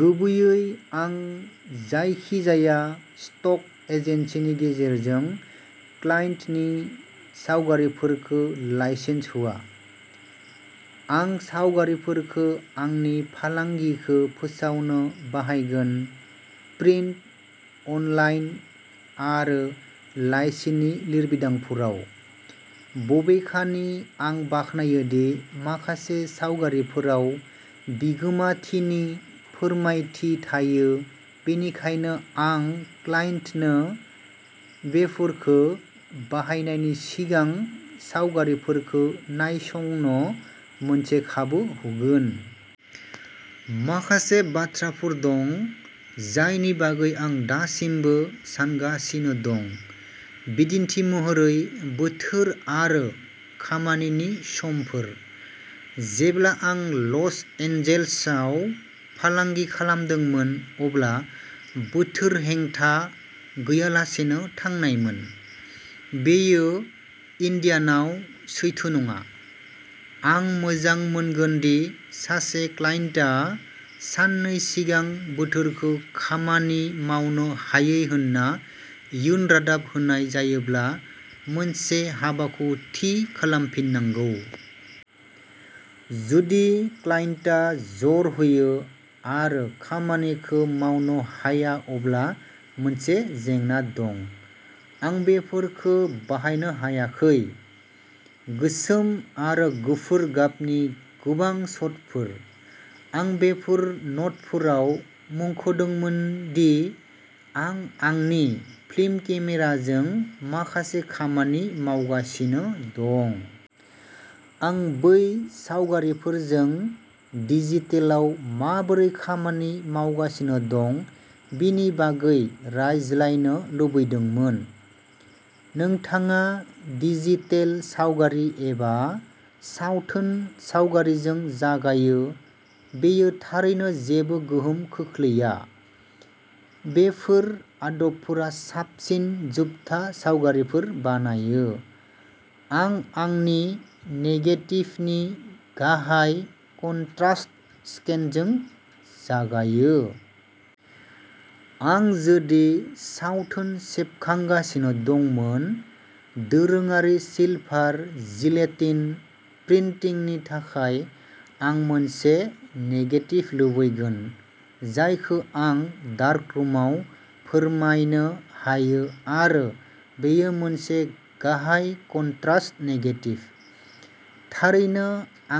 गुबैयै आं जायखिजाया स्टक एजेन्सिनि गेजेरजों क्लाइन्टनि सावगारिफोरखौ लाइसेन्स होआ। आं सावगारिफोरखौ आंनि फालांगिखौ फोसावनो बाहायगोनः प्रिन्ट, अनलाइन आरो लाइसिनि लिरबिदांफोराव। बबेखानि आं बाख्नायो दि माखासे सावगारिफोराव बिगोमाथिनि फोरमायथि थायो, बेनिखायनो आं क्लाइन्टनो बेफोरखौ बाहायनायनि सिगां सावगारिफोरखौ नायसंनो मोनसे खाबु होगोन। माखासे बाथ्राफोर दं जायनि बागै आं दासिमबो सानगासिनो दं, बिदिन्थि महरै बोथोर आरो खामानिनि समफोर। जेब्ला आं लस एन्जेल्सआव फालांगि खालामदोंमोन, अब्ला बोथोर हेंथा गैयालासेनो थांनायमोन। बेयो इन्डियानायाव सैथो नङा। आं मोजां मोनगोन दि सासे क्लाइन्टआ साननै सिगां बोथोरखौ खामानि मावनो हायै होन्ना इयुन रादाब होनाय जायोब्ला मोनसे हाबाखौ थि खालामफिननांगौ। जुदि क्लाइन्टआ जर होयो आरो खामानिखौ मावनो हाया अब्ला मोनसे जेंना दं। आं बेफोरखौ बाहायनो हायाखै। गोसोम आरो गुफुर गाबनि गोबां शटफोर। आं बेफोर न'टफोराव मुंख'दोंमोन दि आं आंनि फिल्म केमेराजों माखासे खामानि मावगासिनो दं। आं बै सावगारिफोरजों डिजिटेलआव माबोरै खामानि मावगासिनो दं बेनि बागै रायज्लायनो लुबैदोंमोन। नोंथाङा डिजिटेल सावगारि एबा सावथुन सावगारिजों जागायो, बेयो थारैनो जेबो गोहोम खोख्लैया; बेफोर आदबफोरा साबसिन जोबथा सावगारिफोर बानायो। आं आंनि नेगेटिभनि गाहाय कनट्रास्ट स्केनजों जागायो। जुदि आं सावथुन सेबखांगासिनो दंमोन, दोरोङारि सिलभार जिलेटिन प्रिन्टिंनि थाखाय, आं मोनसे नेगेटिभ लुबैगोन जायखौ आं डार्करुमआव फोरमायनो हायो आरो बेयो मोनसे गाहाय कनट्रास्ट नेगेटिभ। थारैनो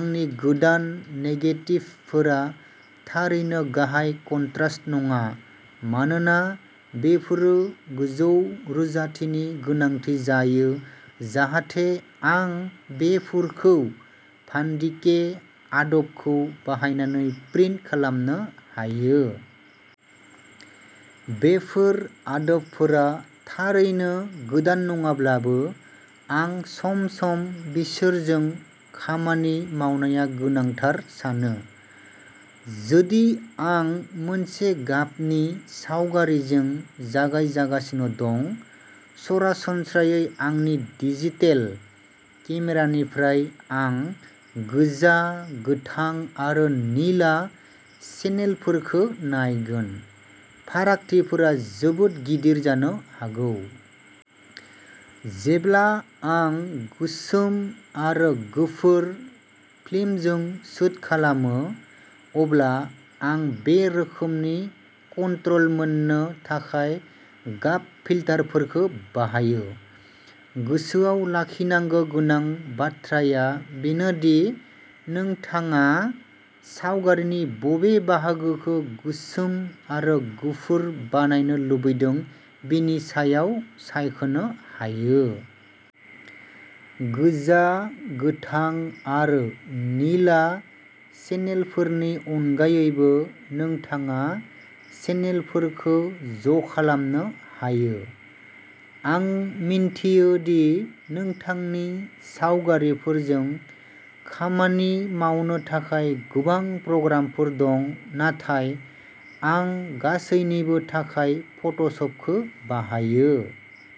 आंनि गोदान नेगेटिभफोरा थारैनो गाहाय कनट्रास्ट नङा, मानोना बेफोरो गोजौ रोजाथिनि गोनांथि जायो जाहाथे आं बेफोरखौ भान्डिके आदबखौ बाहायनानै प्रिन्ट खालामनो हायो। बेफोर आदबफोरा थारैनो गोदान नङाब्लाबो आं सम-सम बिसोरजों खामानि मावनाया गोनांथार सानो। जुदि आं मोनसे गाबनि सावगारिजों जागायगासिनो दं, सरासनस्रायै आंनि डिजिटेल केमेरानिफ्राय, आं गोजा, गोथां आरो निला चेनेलफोरखौ नायगोन। फारागथिफोरा जोबोद गिदिर जानो हागौ। जेब्ला आं गोसोम आरो गुफुर फिल्मजों शूट खालामो, अब्ला आं बे रोखोमनि कन्ट्रल मोननो थाखाय गाब फिल्टारफोरखौ बाहायो। गोसोआव लाखिनांगौ गोनां बाथ्राया बेनो दि नोंथाङा सावगारिनि बबे बाहागोखौ गोसोम आरो गुफुर बानायनो लुबैदों बेनि सायाव सायख'नो हायो। गोजा, गोथां आरो निला चेनेलफोरनि अनगायैबो नोंथाङा चेनेलफोरखौ ज'खालामनो हायो। आं मिन्थियो दि नोंथांनि सावगारिफोरजों खामानि मावनो थाखाय गोबां प्रग्रामफोर दं, नाथाय आं गासैनिबो थाखाय फट'शपखौ बाहायो।